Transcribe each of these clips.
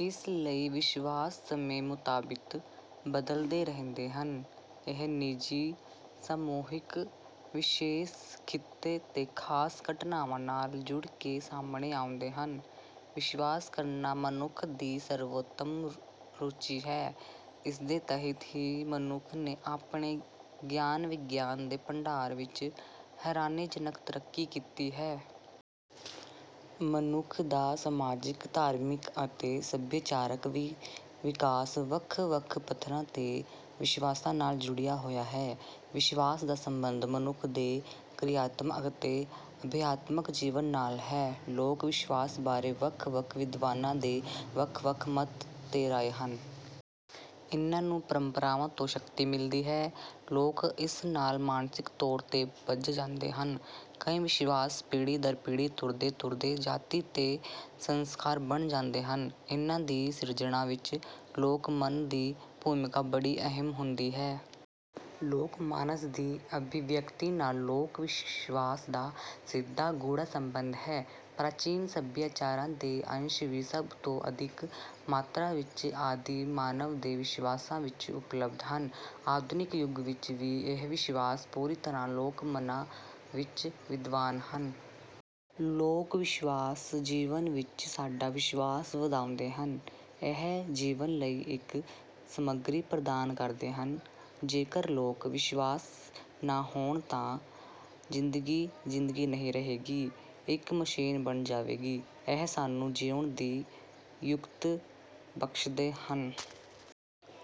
ਇਸ ਲਈ ਵਿਸ਼ਵਾਸ ਸਮੇਂ ਮੁਤਾਬਿਕ ਬਦਲਦੇ ਰਹਿੰਦੇ ਹਨ। ਇਹ ਨਿੱਜੀ, ਸਮੂਹਿਕ, ਵਿਸ਼ੇਸ਼ ਖਿੱਤੇ ਤੇ ਖਾਸ ਘਟਨਾਵਾਂ ਨਾਲ ਜੁੜ ਕੇ ਸਾਹਮਣੇ ਆਉਂਦੇ ਹਨ। ਵਿਸ਼ਵਾਸ ਕਰਨਾ ਮਨੁੱਖ ਦੀ ਸਰਵੋਤਮ ਰੁਚੀ ਹੈ। ਇਸਦੇ ਤਹਿਤ ਹੀ ਮਨੁੱਖ ਨੇ ਆਪਣੇ ਗਿਆਨ-ਵਿਗਿਆਨ ਦੇ ਭੰਡਾਰ ਵਿੱਚ ਹੈਰਾਨੀਜਨਕ ਤਰੱਕੀ ਕੀਤੀ ਹੈ। ਮਨੁੱਖ ਦਾ ਸਮਾਜਿਕ, ਧਾਰਮਿਕ ਅਤੇ ਸੱਭਿਆਚਾਰਕ ਵਿਕਾਸ ਵੱਖ-ਵੱਖ ਪੱਧਰਾਂ ਤੇ ਵਿਸ਼ਵਾਸਾਂ ਨਾਲ ਜੁੜਿਆ ਹੋਇਆ ਹੈ। ਵਿਸ਼ਵਾਸ ਦਾ ਸਬੰਧ ਮਨੁੱਖ ਦੇ ਕਿਰਿਆਤਮਕ ਅਤੇ ਅਭਿਆਤਮਕ ਜੀਵਨ ਨਾਲ ਹੈ। ਲੋਕ ਵਿਸ਼ਵਾਸ ਬਾਰੇ ਵੱਖ-ਵੱਖ ਵਿਦਵਾਨਾਂ ਦੇ ਵੱਖ-ਵੱਖ ਮੱਤ ਤੇ ਰਾਏ ਹਨ। ਇਨ੍ਹਾਂ ਨੂੰ ਪਰੰਪਰਾਵਾਂ ਤੋਂ ਸ਼ਕਤੀ ਮਿਲਦੀ ਹੈ। ਲੋਕ ਇਸ ਨਾਲ ਮਾਨਸਿਕ ਤੌਰ ਤੇ ਬੱਝ ਜਾਂਦੇ ਹਨ। ਕਈ ਵਿਸ਼ਵਾਸ ਪੀੜ੍ਹੀ ਦਰ ਪੀੜ੍ਹੀ ਤੁਰਦੇ ਤੁਰਦੇ ਜਾਤੀ ਦੇ ਸੰਸਕਾਰ ਬਣ ਜਾਂਦੇ ਹਨ। ਇਨ੍ਹਾਂ ਦੀ ਸਿਰਜਣਾ ਵਿੱਚ ਲੋਕ ਮਨ ਦੀ ਭੂਮਿਕਾ ਬੜੀ ਅਹਿਮ ਹੁੰਦੀ ਹੈ। ਲੋਕ ਮਾਨਸ ਦੀ ਅਭਿਵਿਅਕਤੀ ਨਾਲ ਲੋਕ ਵਿਸ਼ਵਾਸ ਦਾ ਸਿੱਧਾ ਗੂੜ੍ਹਾ ਸਬੰਧ ਹੈ। ਪ੍ਰਾਚੀਨ ਸੱਭਿਆਚਾਰਾਂ ਦੇ ਅੰਸ਼ ਵੀ ਸਭ ਤੋਂ ਅਧਿਕ ਮਾਤਰਾ ਵਿੱਚ ਆਦਿਮ ਮਾਨਵ ਦੇ ਵਿਸ਼ਵਾਸਾਂ ਵਿੱਚ ਉਪਲੱਬਧ ਹਨ। ਆਧੁਨਿਕ ਯੁੱਗ ਵਿੱਚ ਵੀ ਇਹ ਵਿਸ਼ਵਾਸ ਪੂਰੀ ਤਰ੍ਹਾਂ ਲੋਕ ਮਨਾਂ ਵਿੱਚ ਵਿਦਵਾਨ ਹਨ। ਲੋਕ ਵਿਸ਼ਵਾਸ ਜੀਵਨ ਵਿੱਚ ਸਾਡਾ ਵਿਸ਼ਵਾਸ ਵਧਾਉਂਦੇ ਹਨ। ਇਹ ਜੀਵਨ ਲਈ ਇੱਕ ਸਮੱਗਰੀ ਪ੍ਰਦਾਨ ਕਰਦੇ ਹਨ। ਜੇਕਰ ਲੋਕ ਵਿਸ਼ਵਾਸ ਨਾ ਹੋਣ ਤਾਂ ਜ਼ਿੰਦਗੀ ਜ਼ਿੰਦਗੀ ਨਹੀਂ ਰਹੇਗੀ, ਇੱਕ ਮਸ਼ੀਨ ਬਣ ਜਾਵੇਗੀ। ਇਹ ਸਾਨੂੰ ਜਿਉਣ ਦੀ ਯੁਕਤ ਬਖ਼ਸ਼ਦੇ ਹਨ।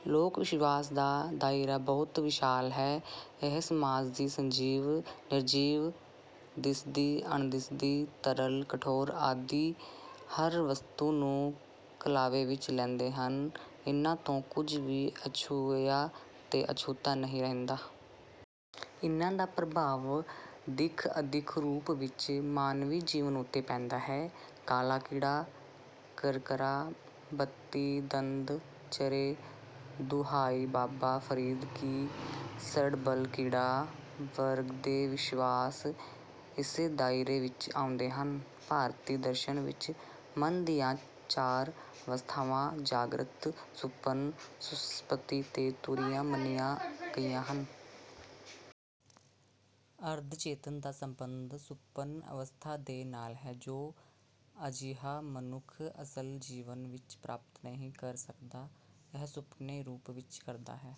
ਲੋਕ ਵਿਸ਼ਵਾਸ ਦਾ ਦਾਇਰਾ ਬਹੁਤ ਵਿਸ਼ਾਲ ਹੈ। ਇਹ ਸਮਾਜ ਦੀ ਸੰਜੀਵ, ਨਿਰਜੀਵ, ਦਿਸਦੀ, ਅਣਦਿਸਦੀ, ਤਰਲ, ਕਠੋਰ ਆਦਿ ਹਰ ਵਸਤੂ ਨੂੰ ਕਲਾਵੇ ਵਿੱਚ ਲੈਂਦੇ ਹਨ। ਇਨ੍ਹਾਂ ਤੋਂ ਕੁੱਝ ਵੀ ਅਛੂਹਿਆ ਤੇ ਅਛੂਤਾ ਨਹੀਂ ਰਹਿੰਦਾ। ਇਨ੍ਹਾਂ ਦਾ ਪ੍ਰਭਾਵ ਦਿੱਖ-ਅਦਿੱਖ ਰੂਪ ਵਿੱਚ ਮਾਨਵੀ ਜੀਵਨ ਉੱਤੇ ਪੈਂਦਾ ਹੈ। "ਕਾਲਾ ਕੀੜਾ, ਕਰਕਰਾ, ਬੱਤੀ, ਦੰਦ ਚਰੇ, ਦੁਹਾਈ, ਬਾਬਾ ਫਰੀਦ ਕੀ, ਸੜ ਬਲ ਕੀੜਾ" ਵਰਤੇ ਵਿਸ਼ਵਾਸ ਇਸੇ ਦਾਇਰੇ ਵਿੱਚ ਆਉਂਦੇ ਹਨ। ਭਾਰਤੀ ਦਰਸ਼ਨ ਵਿੱਚ ਮਨ ਦੀਆਂ ਚਾਰ ਅਵਸਥਾਵਾਂ ਜਾਗ੍ਰਤ, ਸੁਪਨ, ਸੁਸ਼ੁਪਤੀ ਤੇ ਤੁਰੀਆ ਮੰਨੀਆਂ ਗਈਆਂ ਹਨ। ਅਰਧ ਚੇਤਨ ਦਾ ਸਬੰਧ ਸੁਪਨ ਅਵਸਥਾ ਦੇ ਨਾਲ ਹੈ। ਜੋ ਅਜਿਹਾ ਮਨੁੱਖ ਅਸਲ ਜੀਵਨ ਵਿੱਚ ਪ੍ਰਾਪਤ ਨਹੀਂ ਕਰ ਸਕਦਾ ਉਹ ਸੁਪਨੇ ਰੂਪ ਵਿੱਚ ਕਰਦਾ ਹੈ